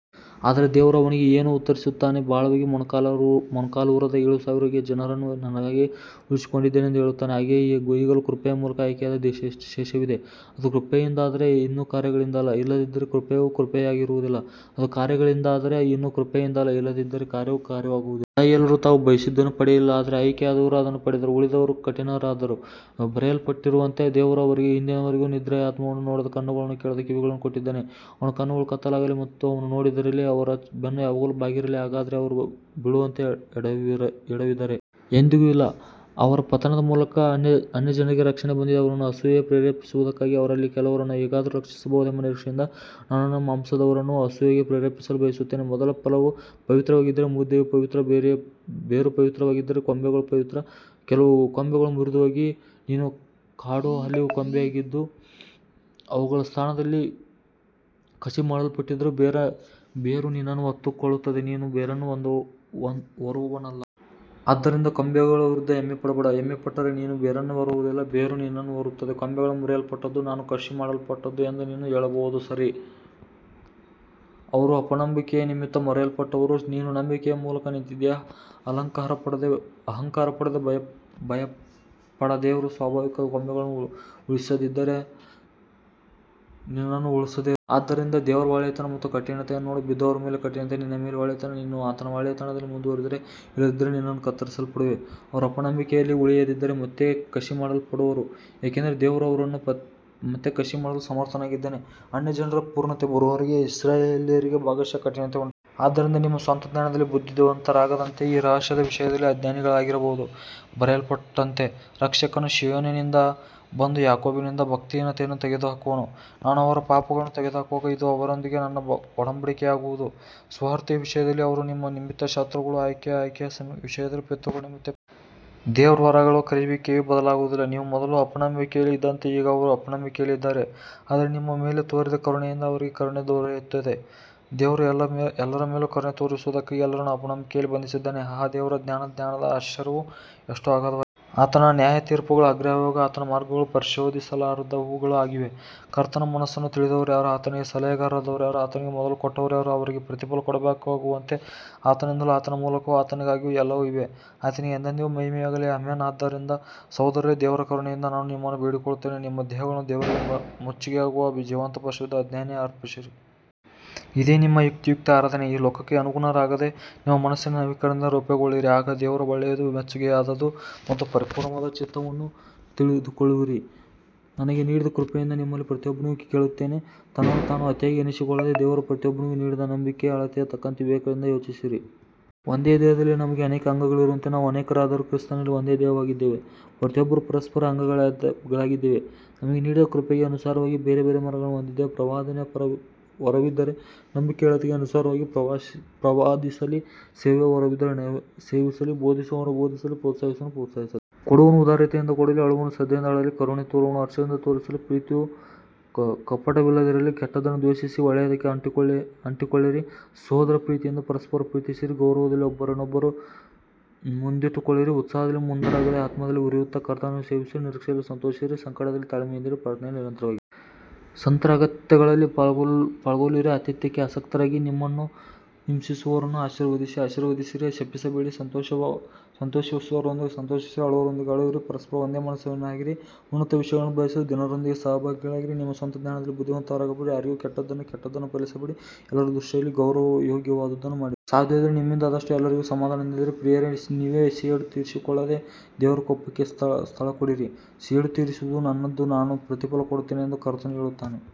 ಆದರೆ ದೇವರು ಅವನಿಗೆ ಏನು ಉತ್ತರಿಸುತ್ತಾನೆ. ಬಾಳನಿಗೆ ಮೊಣಕಾಲೂರದ ಏಳು ಸಾವಿರ ಜನರನ್ನು ನನಗಾಗಿ ಉಳಿಸಿಕೊಂಡಿದ್ದೇನೆ ಎಂದು ಹೇಳುತ್ತಾನೆ. ಹಾಗೆಯೇ ಈಗಲೂ ಕೃಪೆಯ ಮೂಲಕ ಆಯ್ಕೆಯಾದ ಶೇಷವಿದೆ. ಅದು ಕೃಪೆಯಿಂದಾದರೆ ಇನ್ನು ಕಾರ್ಯಗಳಿಂದಲ್ಲ, ಇಲ್ಲದಿದ್ದರೆ ಕೃಪೆಯು ಕೃಪೆಯಾಗಿರುವುದಿಲ್ಲ. ಅದು ಕಾರ್ಯಗಳಿಂದಾದರೆ ಇನ್ನು ಕೃಪೆಯಿಂದಲ್ಲ, ಇಲ್ಲದಿದ್ದರೆ ಕಾರ್ಯವು ಕಾರ್ಯವಾಗಿರುವುದಿಲ್ಲ. ಇಸ್ರಾಯೇಲ್ಯರು ತಾವು ಬಯಸಿದ್ದನ್ನು ಪಡೆಯಲಿಲ್ಲ, ಆದರೆ ಆಯ್ಕೆಯಾದವರು ಅದನ್ನು ಪಡೆದರು, ಉಳಿದವರು ಕಠಿಣರಾದರು. ಬರೆಯಲ್ಪಟ್ಟಿರುವಂತೆ, ದೇವರು ಅವರಿಗೆ ಇಂದಿನವರೆಗೂ ನಿದ್ರೆಯ ಆತ್ಮವನ್ನೂ ನೋಡದ ಕಣ್ಣುಗಳನ್ನೂ ಕೇಳದ ಕಿವಿಗಳನ್ನೂ ಕೊಟ್ಟಿದ್ದಾನೆ. ಅವರ ಕಣ್ಣುಗಳು ಕತ್ತಲಾಗಲಿ, ಅವರು ನೋಡದಿರಲಿ, ಅವರ ಬೆನ್ನು ಯಾವಾಗಲೂ ಬಾಗಿರಲಿ. ಹಾಗಾದರೆ ಅವರು ಬೀಳುವಂತೆ ಎಡವಿದರೇ. ಎಂದಿಗೂ ಇಲ್ಲ. ಅವರ ಪತನದ ಮೂಲಕ ಅನ್ಯಜನರಿಗೆ ರಕ್ಷಣೆ ಬಂದಿದೆ, ಅವರನ್ನು ಅಸೂಯೆಗೆ ಪ್ರೇರೇಪಿಸುವುದಕ್ಕಾಗಿ. ಅವರಲ್ಲಿ ಕೆಲವರನ್ನು ಹೇಗಾದರೂ ರಕ್ಷಿಸಬಹುದೆಂಬ ನಿರೀಕ್ಷೆಯಿಂದ ನಾನು ನನ್ನ ಮಾಂಸದವರನ್ನು ಅಸೂಯೆಗೆ ಪ್ರೇರೇಪಿಸಲು ಬಯಸುತ್ತೇನೆ. ಮೊದಲ ಫಲವು ಪವಿತ್ರವಾಗಿದ್ದರೆ ಮುದ್ದೆಯೂ ಪವಿತ್ರ, ಬೇರು ಪವಿತ್ರವಾಗಿದ್ದರೆ ಕೊಂಬೆಗಳೂ ಪವಿತ್ರ. ಕೆಲವು ಕೊಂಬೆಗಳು ಮುರಿದುಹೋಗಿ, ನೀನು ಕಾಡು ಆಲಿವ್ ಕೊಂಬೆಯಾಗಿದ್ದು ಅವುಗಳ ಸ್ಥಾನದಲ್ಲಿ ಕಸಿಮಾಡಲ್ಪಟ್ಟಿದ್ದರೂ, ಬೇರು ನಿನ್ನನ್ನು ಹೊತ್ತುಕೊಳ್ಳುತ್ತದೆ, ನೀನು ಬೇರನ್ನು ಹೊರುವವನಲ್ಲ. ಆದ್ದರಿಂದ ಕೊಂಬೆಗಳ ವಿರುದ್ಧ ಹೆಮ್ಮೆಪಡಬೇಡ. ಹೆಮ್ಮೆಪಟ್ಟರೆ, ನೀನು ಬೇರನ್ನು ಹೊರುವುದಿಲ್ಲ, ಬೇರು ನಿನ್ನನ್ನು ಹೊರುತ್ತದೆ. ಕೊಂಬೆಗಳು ಮುರಿಯಲ್ಪಟ್ಟದ್ದು ನಾನು ಕಸಿಮಾಡಲ್ಪಡಲೆಂದು ಎಂದು ನೀನು ಹೇಳಬಹುದು. ಸರಿ, ಅವರು ಅಪನಂಬಿಕೆಯ ನಿಮಿತ್ತ ಮುರಿಯಲ್ಪಟ್ಟರು, ನೀನು ನಂಬಿಕೆಯ ಮೂಲಕ ನಿಂತಿದ್ದೀಯ. ಅಹಂಕಾರಪಡದೆ ಭಯಪಡ. ದೇವರು ಸ್ವಾಭಾವಿಕ ಕೊಂಬೆಗಳನ್ನು ಉಳಿಸದಿದ್ದರೆ ನಿನ್ನನ್ನೂ ಉಳಿಸದೆ ಇರಬಹುದು. ಆದ್ದರಿಂದ ದೇವರ ಒಳ್ಳೆಯತನ ಮತ್ತು ಕಠಿಣತೆಯನ್ನು ನೋಡು. ಬಿದ್ದವರ ಮೇಲೆ ಕಠಿಣತೆ, ನಿನ್ನ ಮೇಲೆ ಒಳ್ಳೆಯತನ, ನೀನು ಆತನ ಒಳ್ಳೆಯತನದಲ್ಲಿ ಮುಂದುವರಿದರೆ. ಇಲ್ಲದಿದ್ದರೆ ನೀನೂ ಕತ್ತರಿಸಲ್ಪಡುವೆ. ಅವರು ಅಪನಂಬಿಕೆಯಲ್ಲಿ ಉಳಿಯದಿದ್ದರೆ ಮತ್ತೆ ಕಸಿಮಾಡಲ್ಪಡುವರು, ಏಕೆಂದರೆ ದೇವರು ಅವರನ್ನು ಮತ್ತೆ ಕಸಿಮಾಡಲು ಸಮರ್ಥನಾಗಿದ್ದಾನೆ. ಅನ್ಯಜನರ ಪೂರ್ಣತೆ ಬರುವವರೆಗೆ ಇಸ್ರಾಯೇಲ್ಯರಿಗೆ ಭಾಗಶಃ ಕಠಿಣತೆ ಉಂಟಾಗಿದೆ. ಆದ್ದರಿಂದ ನಿಮ್ಮ ಸ್ವಂತ ಜ್ಞಾನದಲ್ಲಿ ಬುದ್ಧಿವಂತರಾಗದಂತೆ ಈ ರಹಸ್ಯದ ವಿಷಯದಲ್ಲಿ ಅಜ್ಞಾನಿಗಳಾಗಿರಬಾರದು. ಬರೆಯಲ್ಪಟ್ಟಂತೆ, ರಕ್ಷಕನು ಸೀಯೋನಿನಿಂದ ಬಂದು ಯಾಕೋಬಿನಿಂದ ಭಕ್ತಿಹೀನತೆಯನ್ನು ತೆಗೆದುಹಾಕುವನು. ನಾನು ಅವರ ಪಾಪಗಳನ್ನು ತೆಗೆದುಹಾಕುವಾಗ ಇದು ಅವರೊಂದಿಗೆ ನನ್ನ ಒಡಂಬಡಿಕೆಯಾಗುವುದು. ಸುವಾರ್ತೆಯ ವಿಷಯದಲ್ಲಿ ಅವರು ನಿಮ್ಮ ನಿಮಿತ್ತ ಶತ್ರುಗಳು, ಆದರೆ ಆಯ್ಕೆಯ ವಿಷಯದಲ್ಲಿ ಪಿತೃಗಳ ನಿಮಿತ್ತ ಪ್ರಿಯರು. ದೇವರ ವರಗಳೂ ಕರೆಯುವಿಕೆಯೂ ಬದಲಾಗುವುದಿಲ್ಲ. ನೀವು ಮೊದಲು ಅಪನಂಬಿಕೆಯಲ್ಲಿ ಇದ್ದಂತೆ ಈಗ ಅವರೂ ಅಪನಂಬಿಕೆಯಲ್ಲಿ ಇದ್ದಾರೆ, ಆದರೆ ನಿಮ್ಮ ಮೇಲೆ ತೋರಿದ ಕರುಣೆಯಿಂದ ಅವರಿಗೆ ಕರುಣೆ ದೊರೆಯುತ್ತದೆ. ದೇವರು ಎಲ್ಲರ ಮೇಲೂ ಕರುಣೆ ತೋರಿಸುವುದಕ್ಕಾಗಿ ಎಲ್ಲರನ್ನೂ ಅಪನಂಬಿಕೆಯಲ್ಲಿ ಬಂಧಿಸಿದ್ದಾನೆ. ಆಹಾ, ದೇವರ ಜ್ಞಾನ ಮತ್ತು ಜ್ಞಾನದ ಐಶ್ವರ್ಯವು ಎಷ್ಟೋ ಅಗಾಧವಾಗಿದೆ. ಆತನ ನ್ಯಾಯತೀರ್ಪುಗಳು ಅಗ್ರಾಹ್ಯವೂ ಆತನ ಮಾರ್ಗಗಳು ಪರಿಶೋಧಿಸಲಾರದವುಗಳೂ ಆಗಿವೆ. ಕರ್ತನ ಮನಸ್ಸನ್ನು ತಿಳಿದವರು ಯಾರು, ಆತನಿಗೆ ಸಲಹೆಗಾರರಾದವರು ಯಾರು. ಆತನಿಗೆ ಮೊದಲು ಕೊಟ್ಟವರು ಯಾರು, ಅವರಿಗೆ ಪ್ರತಿಫಲ ಕೊಡಬೇಕಾಗುವಂತೆ. ಆತನಿಂದಲೂ, ಆತನ ಮೂಲಕವೂ, ಆತನಿಗಾಗಿಯೂ ಎಲ್ಲವೂ ಇವೆ. ಆತನಿಗೆ ಎಂದೆಂದಿಗೂ ಮಹಿಮೆಯಾಗಲಿ. ಆಮೆನ್. ಆದ್ದರಿಂದ ಸಹೋದರರೇ, ದೇವರ ಕರುಣೆಯಿಂದ ನಾನು ನಿಮ್ಮನ್ನು ಬೇಡಿಕೊಳ್ಳುತ್ತೇನೆ, ನಿಮ್ಮ ದೇಹಗಳನ್ನು ದೇವರಿಗೆ ಮೆಚ್ಚುಗೆಯಾಗುವ ಜೀವಂತ, ಪರಿಶುದ್ಧ ಯಜ್ಞವಾಗಿ ಅರ್ಪಿಸಿರಿ. ಇದೇ ನಿಮ್ಮ ಯುಕ್ತಿಯುಕ್ತ ಆರಾಧನೆ. ಈ ಲೋಕಕ್ಕೆ ಅನುಗುಣರಾಗದೆ, ನಿಮ್ಮ ಮನಸ್ಸಿನ ನವೀಕರಣದಿಂದ ರೂಪಾಂತರಗೊಳ್ಳಿರಿ, ಆಗ ದೇವರ ಒಳ್ಳೆಯದು, ಮೆಚ್ಚುಗೆಯಾದದು ಮತ್ತು ಪರಿಪೂರ್ಣವಾದ ಚಿತ್ತವನ್ನು ತಿಳಿದುಕೊಳ್ಳುವಿರಿ. ನನಗೆ ನೀಡಿದ ಕೃಪೆಯಿಂದ ನಿಮ್ಮಲ್ಲಿ ಪ್ರತಿಯೊಬ್ಬನಿಗೂ ಹೇಳುತ್ತೇನೆ, ತನ್ನನ್ನು ತಾನು ಅತಿಯಾಗಿ ಎಣಿಸಿಕೊಳ್ಳದೆ, ದೇವರು ಪ್ರತಿಯೊಬ್ಬನಿಗೂ ನೀಡಿದ ನಂಬಿಕೆಯ ಅಳತೆಗೆ ತಕ್ಕಂತೆ ವಿವೇಕದಿಂದ ಯೋಚಿಸಿರಿ. ಒಂದೇ ದೇಹದಲ್ಲಿ ನಮಗೆ ಅನೇಕ ಅಂಗಗಳಿರುವಂತೆ, ನಾವು ಅನೇಕರಾದರೂ ಕ್ರಿಸ್ತನಲ್ಲಿ ಒಂದೇ ದೇಹವಾಗಿದ್ದೇವೆ, ಪ್ರತಿಯೊಬ್ಬರೂ ಪರಸ್ಪರ ಅಂಗಗಳಾಗಿದ್ದೇವೆ. ನಮಗೆ ನೀಡಿದ ಕೃಪೆಗೆ ಅನುಸಾರವಾಗಿ ಬೇರೆ ಬೇರೆ ವರಗಳನ್ನು ಹೊಂದಿದ್ದೇವೆ. ಪ್ರವಾದನೆಯ ವರವಿದ್ದರೆ ನಂಬಿಕೆಯ ಅಳತೆಗೆ ಅನುಸಾರವಾಗಿ ಪ್ರವಾದಿಸಲಿ. ಸೇವೆಯ ವರವಿದ್ದರೆ ಸೇವಿಸಲಿ. ಬೋಧಿಸುವವನು ಬೋಧಿಸಲಿ. ಪ್ರೋತ್ಸಾಹಿಸುವವನು ಪ್ರೋತ್ಸಾಹಿಸಲಿ. ಕೊಡುವವನು ಉದಾರತೆಯಿಂದ ಕೊಡಲಿ. ಆಳುವವನು ಶ್ರದ್ಧೆಯಿಂದ ಆಳಲಿ. ಕರುಣೆ ತೋರುವವನು ಹರ್ಷದಿಂದ ತೋರಿಸಲಿ. ಪ್ರೀತಿಯು ಕಪಟವಿಲ್ಲದಿರಲಿ. ಕೆಟ್ಟದ್ದನ್ನು ದ್ವೇಷಿಸಿ, ಒಳ್ಳೆಯದಕ್ಕೆ ಅಂಟಿಕೊಳ್ಳಿರಿ. ಸಹೋದರ ಪ್ರೀತಿಯಿಂದ ಪರಸ್ಪರ ಪ್ರೀತಿಸಿರಿ. ಗೌರವದಲ್ಲಿ ಒಬ್ಬರನ್ನೊಬ್ಬರು ಮುಂದಿಟ್ಟುಕೊಳ್ಳಿರಿ. ಉತ್ಸಾಹದಲ್ಲಿ ಮಂದರಾಗದೆ, ಆತ್ಮದಲ್ಲಿ ಉರಿಯುತ್ತಾ, ಕರ್ತನನ್ನು ಸೇವಿಸಿರಿ. ನಿರೀಕ್ಷೆಯಲ್ಲಿ ಸಂತೋಷಿಸಿರಿ, ಸಂಕಟದಲ್ಲಿ ತಾಳ್ಮೆಯಿಂದಿರಿ, ಪ್ರಾರ್ಥನೆಯಲ್ಲಿ ನಿರಂತರವಾಗಿರಿ. ಸಂತರ ಅಗತ್ಯಗಳಲ್ಲಿ ಪಾಲ್ಗೊಳ್ಳಿರಿ, ಆತಿಥ್ಯಕ್ಕೆ ಆಸಕ್ತರಾಗಿರಿ. ನಿಮ್ಮನ್ನು ಹಿಂಸಿಸುವವರನ್ನು ಆಶೀರ್ವದಿಸಿರಿ, ಆಶೀರ್ವದಿಸಿರಿ, ಶಪಿಸಬೇಡಿ. ಸಂತೋಷಿಸುವವರೊಂದಿಗೆ ಸಂತೋಷಿಸಿರಿ, ಅಳುವವರೊಂದಿಗೆ ಅಳಿರಿ. ಪರಸ್ಪರ ಒಂದೇ ಮನಸ್ಸಿನವರಾಗಿರಿ. ಉನ್ನತ ವಿಷಯಗಳನ್ನು ಬಯಸದೆ, ದೀನರೊಂದಿಗೆ ಸಹಭಾಗಿಗಳಾಗಿರಿ. ನಿಮ್ಮ ಸ್ವಂತ ಜ್ಞಾನದಲ್ಲಿ ಬುದ್ಧಿವಂತರಾಗಬೇಡಿ. ಯಾರಿಗೂ ಕೆಟ್ಟದ್ದಕ್ಕೆ ಕೆಟ್ಟದ್ದನ್ನು ಪ್ರತಿಫಲಿಸಬೇಡಿ. ಎಲ್ಲರ ದೃಷ್ಟಿಯಲ್ಲಿ ಗೌರವಯೋಗ್ಯವಾದದ್ದನ್ನು ಮಾಡಿರಿ. ಸಾಧ್ಯವಾದರೆ ನಿಮ್ಮಿಂದಾದಷ್ಟು ಎಲ್ಲರೊಂದಿಗೆ ಸಮಾಧಾನದಿಂದಿರಿ. ಪ್ರಿಯರೇ, ನೀವೇ ಸೇಡು ತೀರಿಸಿಕೊಳ್ಳದೆ, ದೇವರ ಕೋಪಕ್ಕೆ ಸ್ಥಳಕೊಡಿರಿ. ಸೇಡು ತೀರಿಸುವುದು ನನ್ನದು, ನಾನು ಪ್ರತಿಫಲ ಕೊಡುತ್ತೇನೆ ಎಂದು ಕರ್ತನು ಹೇಳುತ್ತಾನೆ.